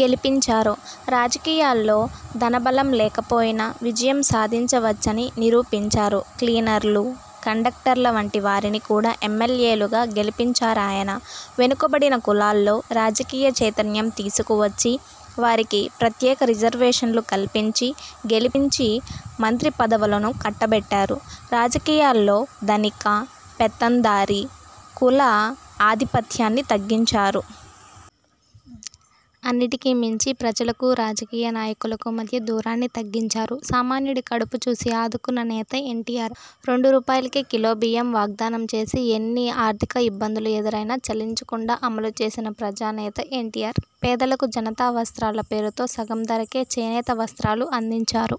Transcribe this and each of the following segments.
గెలిపించారు. రాజకీయాల్లో ధనబలం లేకపోయినా విజయం సాధించవచ్చని నిరూపించారు. క్లీనర్లు, కండక్టర్ల వంటి వారిని కూడా ఎమ్మెల్యేలుగా గెలిపించారాయన. వెనుకబడిన కులాల్లో రాజకీయ చైతన్యం తీసుకువచ్చి, వారికి ప్రత్యేక రిజర్వేషన్లు కల్పించి, గెలిపించి మంత్రి పదవులను కట్టబెట్టారు. రాజకీయాల్లో ధనిక, పెత్తందారీ, కుల ఆధిపత్యాన్ని తగ్గించారు. అన్నిటికీ మించి ప్రజలకూ రాజకీయ నాయకులకూ మధ్య దూరాన్ని తగ్గించారు. సామాన్యుడి కడుపు చూసి ఆదుకున్న నేత ఎన్టీఆర్. రెండు రూపాయలకే కిలో బియ్యం వాగ్దానం చేసి ఎన్ని ఆర్థిక ఇబ్బందులు ఎదురైనా చలించకుండా అమలు చేసిన ప్రజానేత ఎన్టీఆర్. పేదలకు జనతా వస్త్రాల పేరుతో సగం ధరకే చేనేత వస్త్రాలు అందించారు.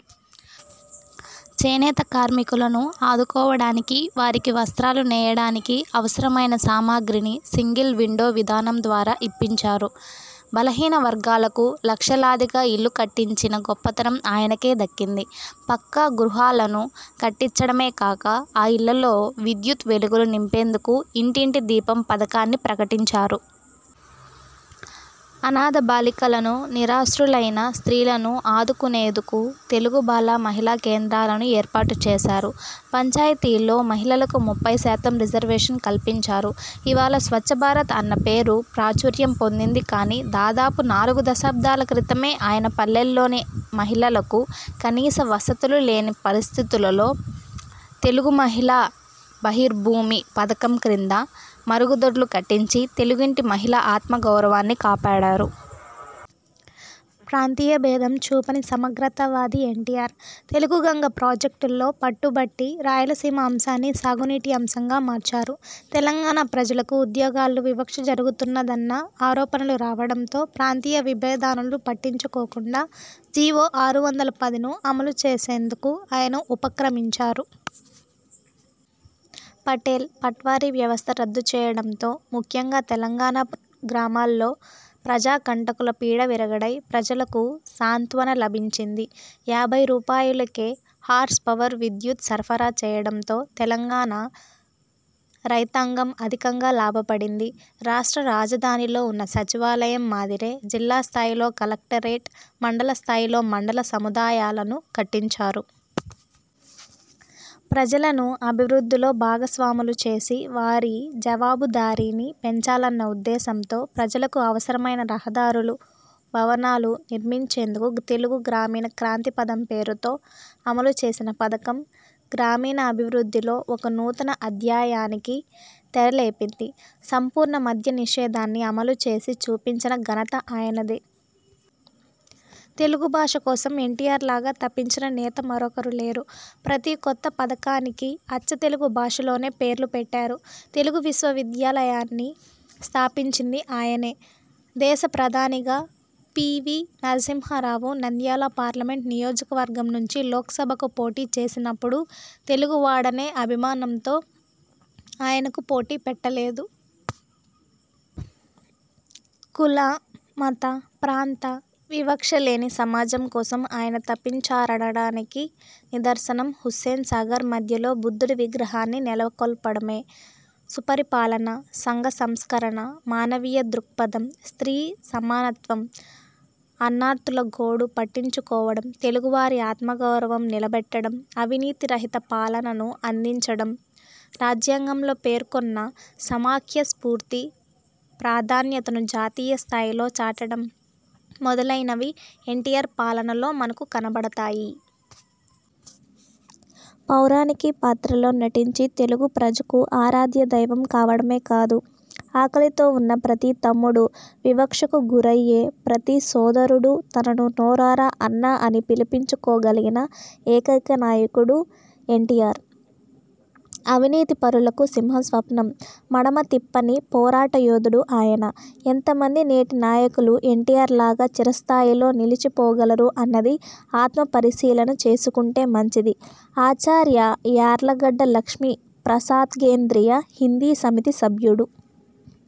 చేనేత కార్మికులను ఆదుకోవడానికి వారికి వస్త్రాలు నేయడానికి అవసరమైన సామగిన్రి సింగిల్ విండో విధానం ద్వారా ఇప్పించారు. బలహీన వర్గాలకు లక్షలాదిగా ఇళ్లు కట్టించిన గొప్పతనం ఆయనకే దక్కింది. పక్కా గృహాలను కట్టించడమే కాక ఆ ఇళ్లలో విద్యుత్ వెలుగులు నింపేందుకు ఇంటింటి దీపం పథకాన్ని ప్రకటించారు. అనాథ బాలికలను, నిరాశ్రయులైన స్త్రీలను ఆదుకునేదుకు తెలుగు బాల మహిళా కేంద్రాలను ఏర్పాటు చేశారు. పంచాయతీల్లో మహిళలకు ముప్పై శాతం రిజర్వేషన్ కల్పించారు. ఇవాళ స్వచ్చభారత్ అన్న పేరు ప్రాచుర్యం పొందింది కాని దాదాపు నాలుగు దశాబ్దాల క్రితమే ఆయన పల్లెల్లోని మహిళలకు కనీస వసతులు లేని పరిస్థితులలో తెలుగు మహిళా బహిర్భూమి పధకం క్రింద మరుగుదొడ్లు కట్టించి తెలుగింటి మహిళ ఆత్మ గౌరవాన్ని కాపాడారు. ప్రాంతీయ భేదం చూపని సమగ్రతా వాది ఎన్టీఆర్. తెలుగు గంగ ప్రాజెక్టుల్లో పట్టుబట్టి రాయలసీమ అంశాన్ని సాగునీటి అంశంగా మార్చారు. తెలంగాణ ప్రజలకు ఉద్యోగాల్లో వివక్ష జరుగుతున్నదన్న ఆరోపణలు రావడంతో ప్రాంతీయ విభేదాలను పట్టించుకోకుండా జీవో ఆరు వందల పదిను అమలు చేసేందుకు ఆయన ఉపక్రమించారు. పటేల్, పట్వారీ వ్యవస్థ రద్దు చేయడంతో ముఖ్యంగా తెలంగాణ గ్రామాల్లో ప్రజాకంటకుల పీడ విరగడై ప్రజలకు సాంత్వన లభించింది. యాభై రూపాయలుకే హార్స్ పవర్ విద్యుత్ సరఫరా చేయడంతో తెలంగాణ రైతాంగం అధికంగా లాభపడింది. రాష్ట్ర రాజధానిలో ఉన్న సచివాలయం మాదిరే జిల్లా స్థాయిలో కలెక్టరేట్, మండల స్థాయిలో మండల సముదాయాలను కట్టించారు. ప్రజలను అభివృద్ధిలో భాగస్వామలు చేసి వారి జవాబుదారీని పెంచాలన్న ఉద్దేశంతో ప్రజలకు అవసరమైన రహదారులు, భవనాలు నిర్మించేందుకు తెలుగు గ్రామీణ క్రాంతి పథం పేరుతో అమలు చేసిన పథకం గ్రామీణాభివృద్ధిలో ఒక నూతన అధ్యాయానికి తెర లేపింది. సంపూర్ణ మద్యనిషేధాన్ని అమలు చేసి చూపించిన ఘనత ఆయనదే. తెలుగుభాష కోసం ఎన్టీఆర్ లాగా తపించిన నేత మరొకరు లేరు. ప్రతి కొత్త పథకానికి అచ్చతెలుగు భాషలోనే పేర్లు పెట్టారు. తెలుగు విశ్వవిద్యాలయాన్ని స్థాపించింది ఆయనే. దేశ ప్రధానిగా P. V. Narasimha Rao Nandyal parliament నియోజవర్గం నుంచి లోక్సభకు పోటీ చేసినప్పుడు తెలుగువాడనే అభిమానంతో ఆయనకు పోటీ పెట్టలేదు. కుల, మత, ప్రాంత వివక్షలేని సమాజం కోసం ఆయన తపించారనడానికి నిదర్శనం హుస్సేన్ సాగర్ మధ్యలో బుద్ధుడి విగ్రహాన్ని నెలకొల్పడమే. సుపరిపాలన, సంఘసంస్కరణ, మానవీయ దృక్పథం, స్త్రీ సమానత్వం, అన్నార్తులగోడు పట్టించుకోవడం, తెలుగువారి ఆత్మగౌరవం నిలబెట్టడం, అవినీతి రహిత పాలనను అందించడం, రాజ్యాంగంలో పేర్కొన్న సమాఖ్యస్ఫూర్తి ప్రాధాన్యతను జాతీయ స్థాయిలో చాటడం మొదలైనవి ఎన్టీఆర్ పాలనలో మనకు కనపడతాయి. పౌరాణిక పాత్రల్లో నటించి తెలుగు ప్రజకు ఆరాధ్యదైవం కావడమే కాదు, ఆకలితో ఉన్న ప్రతి తమ్ముడూ, వివక్షకు గురయ్యే ప్రతి సోదరుడూ తనను నోరారా అన్నా అని పిలిపించుకోగలిగిన ఏకైకనాయకుడు ఎన్టీఆర్. అవినీతి పరులకు సింహస్వప్నం. మడమతిప్పని పోరాట యోధుడు ఆయన. ఎంతమంది నేటి నాయకులు ఎన్టీఆర్ లాగా చిరస్థాయిలో నిలిచిపోగలరు అన్నది ఆత్మపరిశీలన చేసుకుంటే మంచిది. ఆచార్య యార్లగడ్డ లక్ష్మీ ప్రసాద్కేంద్రీయ హిందీ సమితి సభ్యుడు,